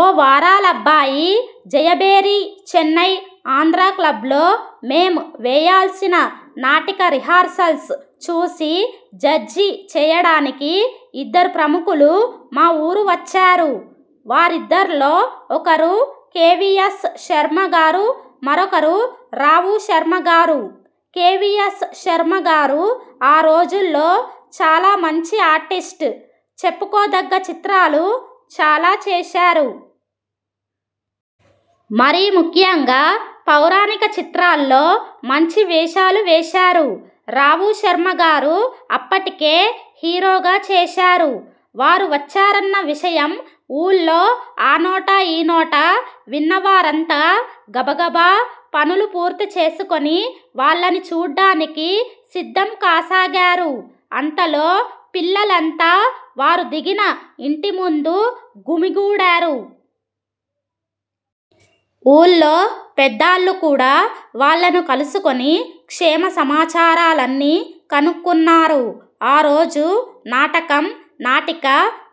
ఓ వారాలబ్బాయి జయభేరి చెన్నై ఆంధ్రాక్లబ్లో మేం వేయాల్సిన నాటిక రిహార్సల్స్ చూసి జడ్జి చేయడానికి ఇద్దరు ప్రముఖులు మా ఊరు వచ్చారు. వారిదర్లో ఒకరు కేవీయస్ శర్మ గారు, మరొకరు రావుశర్మ గారు. కేవీయస్ శర్మగారు ఆ రోజుల్లో చాలా మంచి ఆర్టిస్ట్. చెప్పుకోదగ్గ చిత్రాలు చాలా చేశారు. మరీ ముఖ్యంగా పౌరాణిక చిత్రాల్లో మంచి వేషాలు వేశారు. రావుశర్మ గారు అప్పటికే హీరోగా చేశారు. వారు వచ్చారన్న విషయం ఊళ్ళో ఆ నోటా ఈనోటా విన్నవారంతా గబగబా పనులు పూర్తి చేసుకుని వాళ్లను చూడ్డానికి సిద్ధం కాసాగారు. అంతలో పిల్ల లంతా వారు దిగిన ఇంటి ముందు గుమిగూడారు. ఊళ్లో పెద్దాళ్లు కూడా వాళ్లను కలుసుకుని క్షేమ సమాచారాలన్నీ కనుక్కున్నారు. ఆ రోజు నాటకం, నాటిక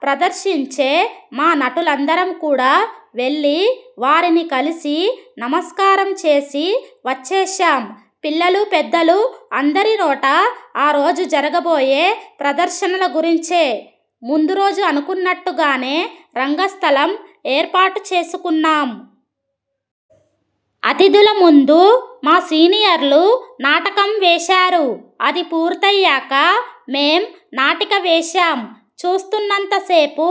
ప్రదర్శించే మా నటులందరం కూడా వెళ్లి వారిని కలిసి నమస్కారం చేసి వచ్చేశాం. పిల్లలు, పెద్దలు అందరి నోటా ఆ రోజు జరగబోయే ప్రదర్శనల గురించే. ముందురోజు అనుకున్నట్టు గానే రంగస్థలం ఏర్పాటు చేసుకున్నాం. అతిథుల ముందు మా సీనియర్లు నాటకం వేశారు. అది పూర్తయ్యాక మేం నాటిక వేశాం. చూస్తున్నంత సేపూ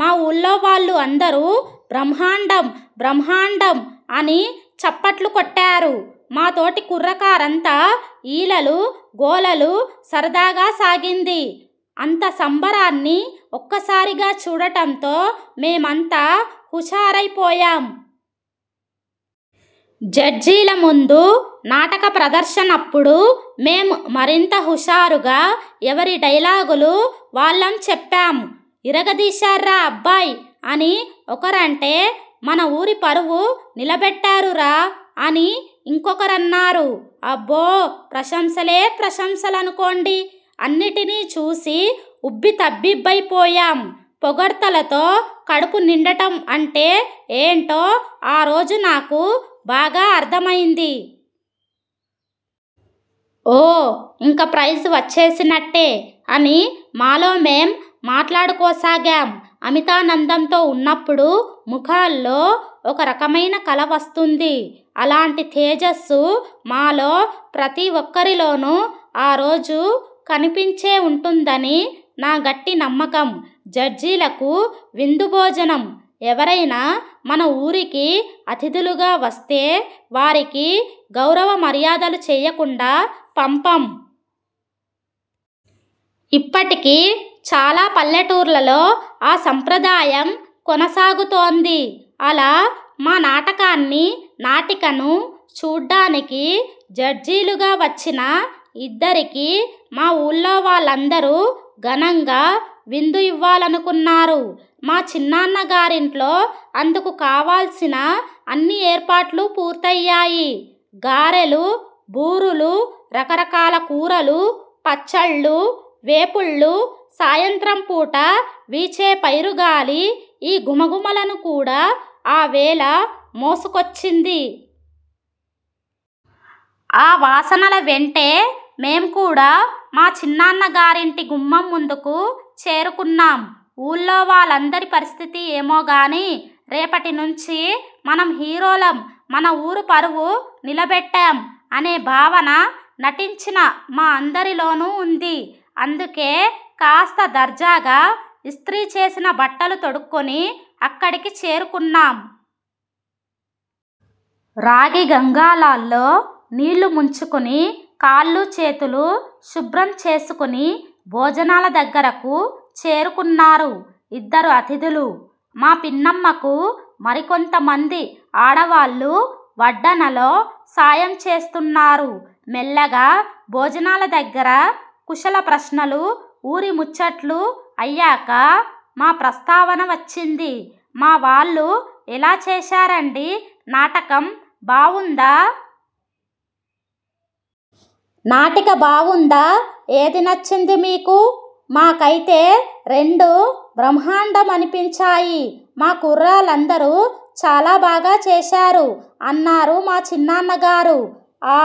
మా ఊళ్లోవాళ్లు అందరూ 'బ్రహ్మాండం బ్రహ్మాండం' అని చప్పట్లు కొట్టారు. మాతోటి కుర్ర కారంతా ఈలలూ, గోలలూ సరదాగా సాగింది. అంత సంబరాన్ని ఒక్కసారిగా చూడటంతో మేమంతా హుషారై పోయాం. జడ్జీల ముందు నాటక ప్రదర్శనప్పుడు మేం మరింత హుషారుగా ఎవరి డైలాగులు వాళ్లం చెప్పాం. 'ఇరగదీశార్రా అబ్బాయ్' అని ఒకరంటే 'మన ఊరి పరువు నిలబెట్టారు రా' అని ఇంకొకరన్నారు. అబ్బో ప్రశంసలే ప్రశంసలనుకోండి. అన్నిటినీ చూసి ఉబ్బితబ్బిబ్బైపోయాం. పొగడ్తలతో కడుపు నిండటం అంటే ఏంటో ఆ రోజు నాకు బాగా అర్థమైంది. 'ఓ ఇంక ప్రైజ్ వచ్చేసినట్టే' అని మాలో మేం మాట్లాడుకోసాగాం. అమితా నందంతో ఉన్నప్పుడు ముఖాల్లో ఒక రకమైన కళ వస్తుంది. అలాంటి తేజస్సు మాలో ప్రతి ఒక్కరి లోనూ ఆ రోజు కనిపించే ఉంటుందని నా గట్టి నమ్మకం. జడ్జీలకు విందు భోజనంఎవరైనా మన ఊరికి అతిథులుగా వస్తే వారికి గౌరవ మర్యాదలు చేయకుండా పంపం. ఇప్పటికీ చాలా పల్లెటూర్ల లో ఆ సంప్రదాయం కొనసాగుతోంది. అలా మా నాటకాన్ని, నాటికను చూడ్డానికి జడ్జీలుగా వచ్చిన ఇద్దరికీ మా ఊళ్లో వాళ్లందరూ ఘనంగా విందు ఇవ్వాలనుకున్నారు. మా చిన్నాన్న గారింట్లో అందుకు కావాల్సిన అన్ని ఏర్పాట్లూ పూర్తయ్యాయి. గారెలు, బూరులు, రకరకాల కూరలు, పచ్చళ్లు, వేపుళ్లు సాయంత్రం పూట వీచే పైరుగాలి ఈ ఘుమ ఘుమలను కూడా ఆ వేళ మోసుకొచ్చింది. ఆ వాసనల వెంటే మేం కూడా మా చిన్నాన్న గారింటి గుమ్మం ముందుకు చేరుకున్నాం. ఊళ్లో వాళ్లందరి పరిస్థితీ ఏమోగానీ 'రేపటి నుంచి మనం హీరోలం మన ఊరు పరువు నిలబెట్టాం' అనే భావన నటించిన మా అందరిలోనూ ఉంది. అందుకే కాస్త దర్జాగా ఇస్త్రీ చేసిన బట్టలు తొడుక్కుని అక్కడికి చేరుకున్నాం. రాగి గంగాళాల్లో నీళ్ళు ముంచుకుని కాళ్లు చేతులు శుభ్రం చేసుకుని భోజనాల దగ్గరకు చేరుకున్నారు ఇద్దరు అతిథులు. మా పిన్నమ్మకు మరికొంత మంది ఆడవాళ్లు వడ్డనలో సాయం చేస్తున్నారు. మెల్లగా భోజనాల దగ్గర కుశల ప్రశ్నలూ, ఊరి ముచ్చట్లు అయ్యాక మా ప్రస్తావన వచ్చింది. మా వాళ్లు ఎలా చేశారండీ నాటకం బావుందా? నాటిక బావుందా? ఏది నచ్చింది మీకు మా కైతే రెండూ బ్రహ్మాండం అనిపించాయి. మా కుర్రాళ్లందరూ చాలా బాగా చేశారు అన్నారు మా చిన్నాన్న గారు. ఆ